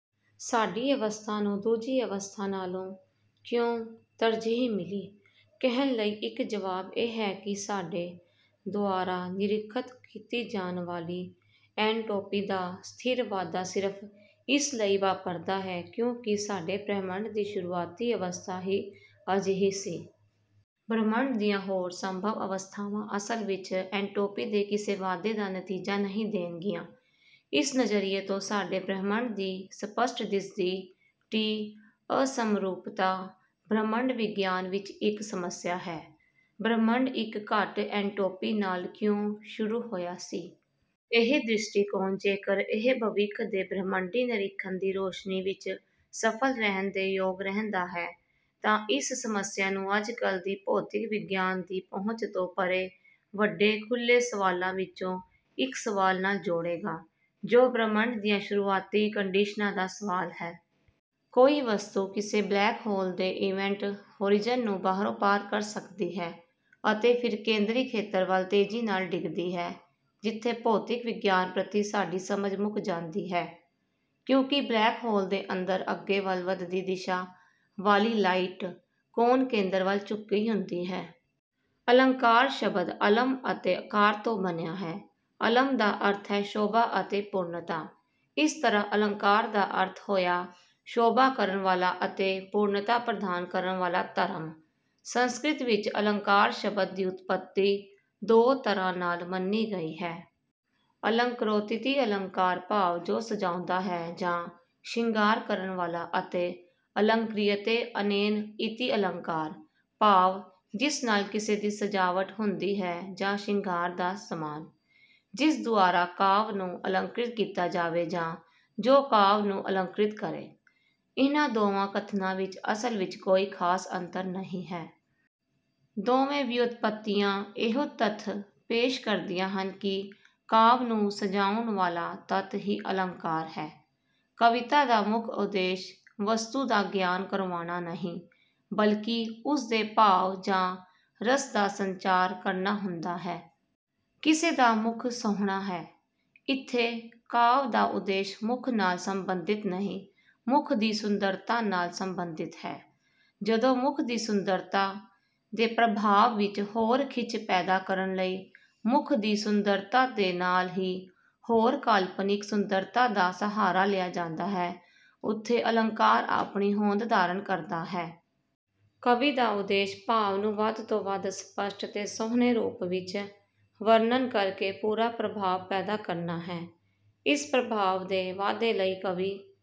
ਸਾਡੀ ਅਵਸਥਾ ਨੂੰ ਦੂਜੀ ਅਵਸਥਾ ਨਾਲੋਂ ਕਿਉਂ ਤਰਜੀਹ ਮਿਲੀ? ਕਹਿਣ ਲਈ ਇੱਕ ਜਵਾਬ ਇਹ ਹੈ ਕਿ ਸਾਡੇ ਦੁਆਰਾ ਨਿਰੀਖਤ ਕੀਤੀ ਜਾਣ ਵਾਲੀ ਐਨਟ੍ਰੌਪੀ ਦਾ ਸਥਿਰ ਵਾਧਾ ਸਿਰਫ਼ ਇਸ ਲਈ ਵਾਪਰਦਾ ਹੈ ਕਿਉਂਕਿ ਸਾਡੇ ਬ੍ਰਹਿਮੰਡ ਦੀ ਸ਼ੁਰੂਆਤੀ ਅਵਸਥਾ ਹੀ ਅਜਿਹੀ ਸੀ। ਬ੍ਰਹਿਮੰਡ ਦੀਆਂ ਹੋਰ ਸੰਭਵ ਅਵਸਥਾਵਾਂ ਅਸਲ ਵਿੱਚ ਐਨਟ੍ਰੌਪੀ ਦੇ ਕਿਸੇ ਵਾਧੇ ਦਾ ਨਤੀਜਾ ਨਹੀਂ ਦੇਣਗੀਆਂ। ਇਸ ਨਜ਼ਰੀਏ ਤੋਂ, ਸਾਡੇ ਬ੍ਰਹਿਮੰਡ ਦੀ ਸਪਸ਼ਟ ਦਿਸਦੀ ਟੀ-ਅਸਮਰੂਪਤਾ ਬ੍ਰਹਿਮੰਡ ਵਿਗਿਆਨ ਵਿੱਚ ਇੱਕ ਸਮੱਸਿਆ ਹੈ ਬ੍ਰਹਿਮੰਡ ਇੱਕ ਘੱਟ ਐਨਟ੍ਰੌਪੀ ਨਾਲ ਕਿਉਂ ਸ਼ੁਰੂ ਹੋਇਆ ਸੀ? ਇਹ ਦ੍ਰਿਸ਼ਟੀਕੋਣ, ਜੇਕਰ ਇਹ ਭਵਿੱਖ ਦੇ ਬ੍ਰਹਿਮੰਡੀ ਨਿਰੀਖਣ ਦੀ ਰੋਸ਼ਨੀ ਵਿੱਚ ਸਫਲ ਰਹਿਣ ਦੇ ਯੋਗ ਰਹਿੰਦਾ ਹੈ, ਤਾਂ ਇਸ ਸਮੱਸਿਆ ਨੂੰ ਅੱਜਕੱਲ੍ਹ ਦੀ ਭੌਤਿਕ ਵਿਗਿਆਨ ਦੀ ਪਹੁੰਚ ਤੋਂ ਪਰੇ ਵੱਡੇ ਖੁੱਲ੍ਹੇ ਸਵਾਲਾਂ ਵਿੱਚੋਂ ਇੱਕ ਸਵਾਲ ਨਾਲ ਜੋੜੇਗਾ ਜੋ ਬ੍ਰਹਿਮੰਡ ਦੀਆਂ ਸ਼ੁਰੂਆਤੀ ਕੰਡੀਸ਼ਨਾਂ ਦਾ ਸਵਾਲ ਹੈ। ਕੋਈ ਵਸਤੂ ਕਿਸੇ ਬਲੈਕ ਹੋਲ ਦੇ ਇਵੈਂਟ ਹੌਰਿਜ਼ਨ ਨੂੰ ਬਾਹਰੋਂ ਪਾਰ ਕਰ ਸਕਦੀ ਹੈ, ਅਤੇ ਫਿਰ ਕੇਂਦਰੀ ਖੇਤਰ ਵੱਲ ਤੇਜ਼ੀ ਨਾਲ ਡਿੱਗਦੀ ਹੈ ਜਿੱਥੇ ਭੌਤਿਕ ਵਿਗਿਆਨ ਪ੍ਰਤੀ ਸਾਡੀ ਸਮਝ ਮੁੱਕ ਜਾਂਦੀ ਹੈ। ਕਿਉਂਕਿ ਬਲੈਕ ਹੋਲ ਦੇ ਅੰਦਰ ਅੱਗੇ ਵੱਲ ਵਧਦੀ ਦਿਸ਼ਾ ਵਾਲੀ ਲਾਈਟ ਕੋਨ ਕੇਂਦਰ ਵੱਲ ਝੁਕੀ ਹੁੰਦੀ ਹੈ। ਅਲੰਕਾਰ ਸ਼ਬਦ 'ਅਲੰਮ੍' ਅਤੇ 'ਕਾਰ' ਤੋਂ ਬਣਿਆ ਹੈ। 'ਅਲੰਮ੍' ਦਾ ਅਰਥ ਹੈ ਸ਼ੋਭਾ ਅਤੇ ਪੂਰਣਤਾ। ਇਸ ਤਰ੍ਹਾਂ ਅਲੰਕਾਰ ਦਾ ਅਰਥ ਹੋਇਆ ਸ਼ੋਭਾ ਕਰਨ ਵਾਲਾ ਅਤੇ ਪੂਰਣਤਾ ਪ੍ਰਦਾਨ ਕਰਨ ਵਾਲਾ ਧਰਮ। ਸੰਸਕ੍ਰਿਤ ਵਿੱਚ ਅਲੰਕਾਰ ਸ਼ਬਦ ਦੀ ਉਤਪੱਤੀ ਦੋ ਤਰ੍ਹਾਂ ਨਾਲ ਮੰਨੀ ਗਈ ਹੈ। 'ਅਲੰਕਰੋਤਿਤੀ ਅਲੰਕਾਰ' ਭਾਵ ਜੋ ਸਜਾਉਂਦਾ ਹੈ ਜਾਂ ਸ਼ਿੰਗਾਰ ਕਰਨ ਵਾਲਾ ਅਤੇ 'ਅਲੰਕ੍ਰਿਯਤੇ ਅਨੇਨ ਇਤਿ ਅਲੰਕਾਰ' ਭਾਵ ਜਿਸ ਨਾਲ ਕਿਸੇ ਦੀ ਸਜਾਵਟ ਹੁੰਦੀ ਹੈ ਜਾਂ ਸ਼ਿੰਗਾਰ ਦਾ ਸਮਾਨ। ਜਿਸ ਦੁਆਰਾ ਕਾਵਿ ਨੂੰ ਅਲੰਕ੍ਰਿਤ ਕੀਤਾ ਜਾਵੇ ਜਾਂ ਜੋ ਕਾਵਿ ਨੂੰ ਅਲੰਕ੍ਰਿਤ ਕਰੇ, ਇਹਨਾਂ ਦੋਵਾਂ ਕਥਨਾਂ ਵਿੱਚ ਅਸਲ ਵਿੱਚ ਕੋਈ ਖਾਸ ਅੰਤਰ ਨਹੀਂ ਹੈ। ਦੋਵੇਂ ਵਿਉਤਪੱਤੀਆਂ ਇਹੋ ਤੱਥ ਪੇਸ਼ ਕਰਦੀਆਂ ਹਨ ਕਿ ਕਾਵਿ ਨੂੰ ਸਜਾਉਣ ਵਾਲਾ ਤੱਤ ਹੀ ਅਲੰਕਾਰ ਹੈ। ਕਵਿਤਾ ਦਾ ਮੁੱਖ ਉਦੇਸ਼ ਵਸਤੂ ਦਾ ਗਿਆਨ ਕਰਵਾਉਣਾ ਨਹੀਂ, ਬਲਕਿ ਉਸਦੇ ਭਾਵ ਜਾਂ ਰਸ ਦਾ ਸੰਚਾਰ ਕਰਨਾ ਹੁੰਦਾ ਹੈ। "ਕਿਸੇ ਦਾ ਮੁੱਖ ਸੋਹਣਾ ਹੈ" - ਇੱਥੇ ਕਾਵਿ ਦਾ ਉਦੇਸ਼ ਮੁੱਖ ਨਾਲ ਸੰਬੰਧਿਤ ਨਹੀਂ, ਮੁੱਖ ਦੀ ਸੁੰਦਰਤਾ ਨਾਲ ਸੰਬੰਧਿਤ ਹੈ। ਜਦੋਂ ਮੁੱਖ ਦੀ ਸੁੰਦਰਤਾ ਦੇ ਪ੍ਰਭਾਵ ਵਿੱਚ ਹੋਰ ਖਿੱਚ ਪੈਦਾ ਕਰਨ ਲਈ ਮੁੱਖ ਦੀ ਸੁੰਦਰਤਾ ਦੇ ਨਾਲ ਹੀ ਹੋਰ ਕਾਲਪਨਿਕ ਸੁੰਦਰਤਾ ਦਾ ਸਹਾਰਾ ਲਿਆ ਜਾਂਦਾ ਹੈ, ਉੱਥੇ ਅਲੰਕਾਰ ਆਪਣੀ ਹੋਂਦ ਧਾਰਨ ਕਰਦਾ ਹੈ। ਕਵੀ ਦਾ ਉਦੇਸ਼ ਭਾਵ ਨੂੰ ਵੱਧ ਤੋਂ ਵੱਧ ਸਪਸ਼ਟ ਤੇ ਸੋਹਣੇ ਰੂਪ ਵਿੱਚ ਵਰਣਨ ਕਰਕੇ ਪੂਰਾ ਪ੍ਰਭਾਵ ਪੈਦਾ ਕਰਨਾ ਹੈ। ਇਸ ਪ੍ਰਭਾਵ ਦੇ ਵਾਧੇ ਲਈ ਕਵੀ